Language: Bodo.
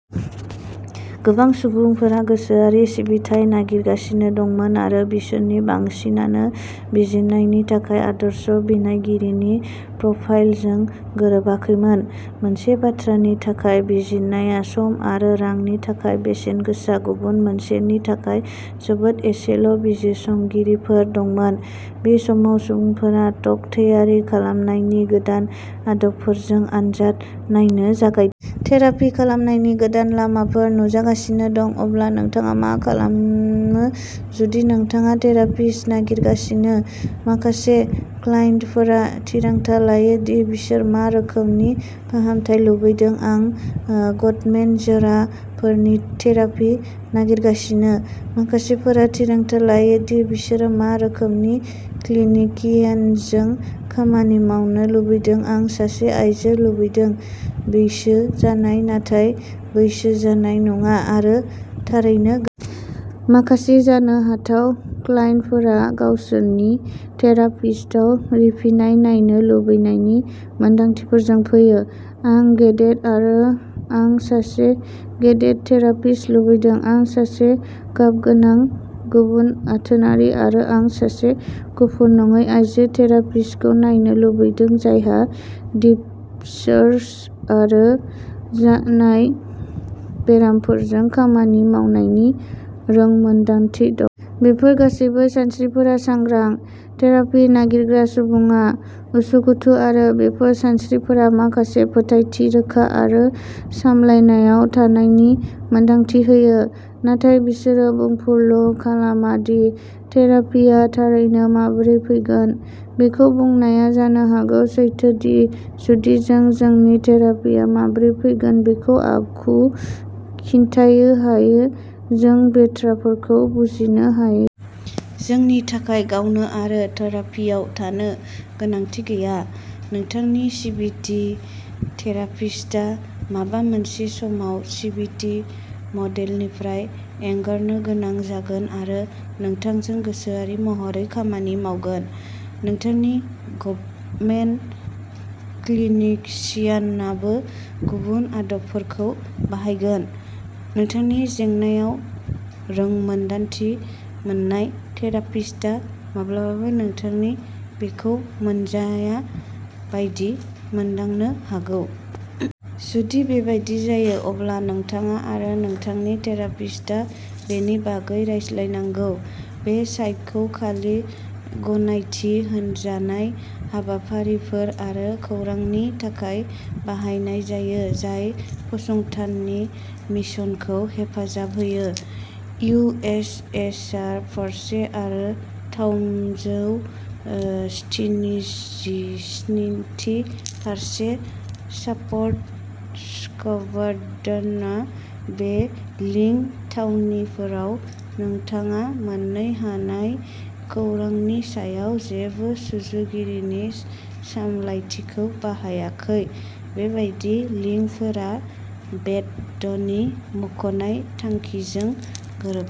गोबां सुबुंफोरा गोसोआरि सिबिथाय नागिरगासिनो दंमोन आरो बिसोरनि बांसिनानो बिजिरनायनि थाखाय आदर्श बिनायगिरिनि प्रफाइलजों गोरोबाखैमोन। मोनसे बाथ्रानि थाखाय बिजिरनाया सम आरो रांनि थाखाय बेसेन गोसा गुबुन मोनसेनि थाखाय जोबोद एसेल' बिजिरसंगिरिफोर दंमोन। बे समाव सुबुंफोरा ट'क थेरापि खालामनायनि गोदान आदबफोरजों आनजाद नायनो जागाय। थेरापि खालामनायनि गोदान लामाफोरा नुजागासिनो दं। अब्ला नोंथाङा मा खालामो जुदि नोंथाङा थेरापिस्ट नागिरगासिनो। माखासे क्लाइन्टफोरा थिरांथा लायो दि बिसोर मा रोखोमनि फाहामथाय लुबैदों आं गटमेन जराफोरनि थेरापि नागिरगासिनो। माखासेफोरा थिरांथा लायो दि बिसोर मा रोखोमनि क्लिनिकियानजों खामानि मावनो लुबैदों आं सासे आयजो लुबैदों, बैसो जानाय, नाथाय बैसो जानाय नङा, आरो थारैनो गोरों। माखासे जानो हाथाव क्लाइन्टफोरा गावसोरनि थेरापिस्टआव रिफिनाय नायनो लुबैनायनि मोन्दांथिफोरजों फैयो। आं गेदेथ आरो आं सासे गेदेथ थेरापिस्ट लुबैदों। आं सासे गाबगोनां गुबुन आथोनारि आरो आं सासे गुफुर नङै आइजो थेरापिस्टखौ नायनो लुबैदों जायहा डिव'र्स आरो जानाय बेरामफोरजों खामानि मावनायनि रोंमोनदांथि दं। बेफोर गासैबो सानस्रिफोरा सांग्रां। थेरापि नागिरग्रा सुबुङा उसुखुथु आरो बेफोर सानस्रिफोरा माखासे फोथायथि रोखा आरो सामलायनायाव थानायनि मोनदांथि होयो। नाथाय बिसोरो बुंफुरलु खालामा दि थेरापिआ थारैनो माबोरै फैगोन। बेखौ बुंनाया जानो हागौ सैथो दि जुदि जों जोंनि थेरापिआ माबोरै फैगोन बेखौ आगु खिन्थानो हायो जों बाथ्राफोरखौ बुजिनो हायो। जोंनि थाखाय गावनो आरो थेरापियाव थानो गोनांथि गैया। नोंथांनि सिबिटि थेरापिस्टआ माबा मोनसे समाव सिबिटि मडेलनिफ्राय एंगारनो गोनां जागोन आरो नोंथांजों गोसोआरि महरै खामानि मावगोन। नोंथांनि गबमेन क्लिनिसियानाबो गुबुन आदबफोरखौ बाहायगोन। नोंथांनि जेंनाआव रोंमोन्दांथि मोननाय थेरापिस्टआ माब्लाबा नोंथांनो बेखौ मोनजाया बायदि मोनदांनो हागौ। जुदि बेबादि जायो अब्ला नोंथाङा आरो नोंथांनि थेरापिस्टआ बेनि बागै रायज्लायनांगौ। बे साइटखौ खालि गनायथि होजानाय हाबाफारिफोर आरो खौरांनि थाखाय बाहायनाय जायो जाय फसंथाननि मिशनखौ हेफाजाब होयो। इउ. एस. एयार फोर्स आरो थामजौ स्थिनिजिस्निथि फर्स सापर्ट स्क्वाड्रनआ बे लिंक थावनिफोराव नोंथाङा मोन्नो हानाय खौरांनि सायाव जेबो सुजुगिरिनि सामलायथिखौ बाहायाखै। बेबादि लिंकफोरा बे ड'डनि मख'नाय थांखिजों गोरोबनाय।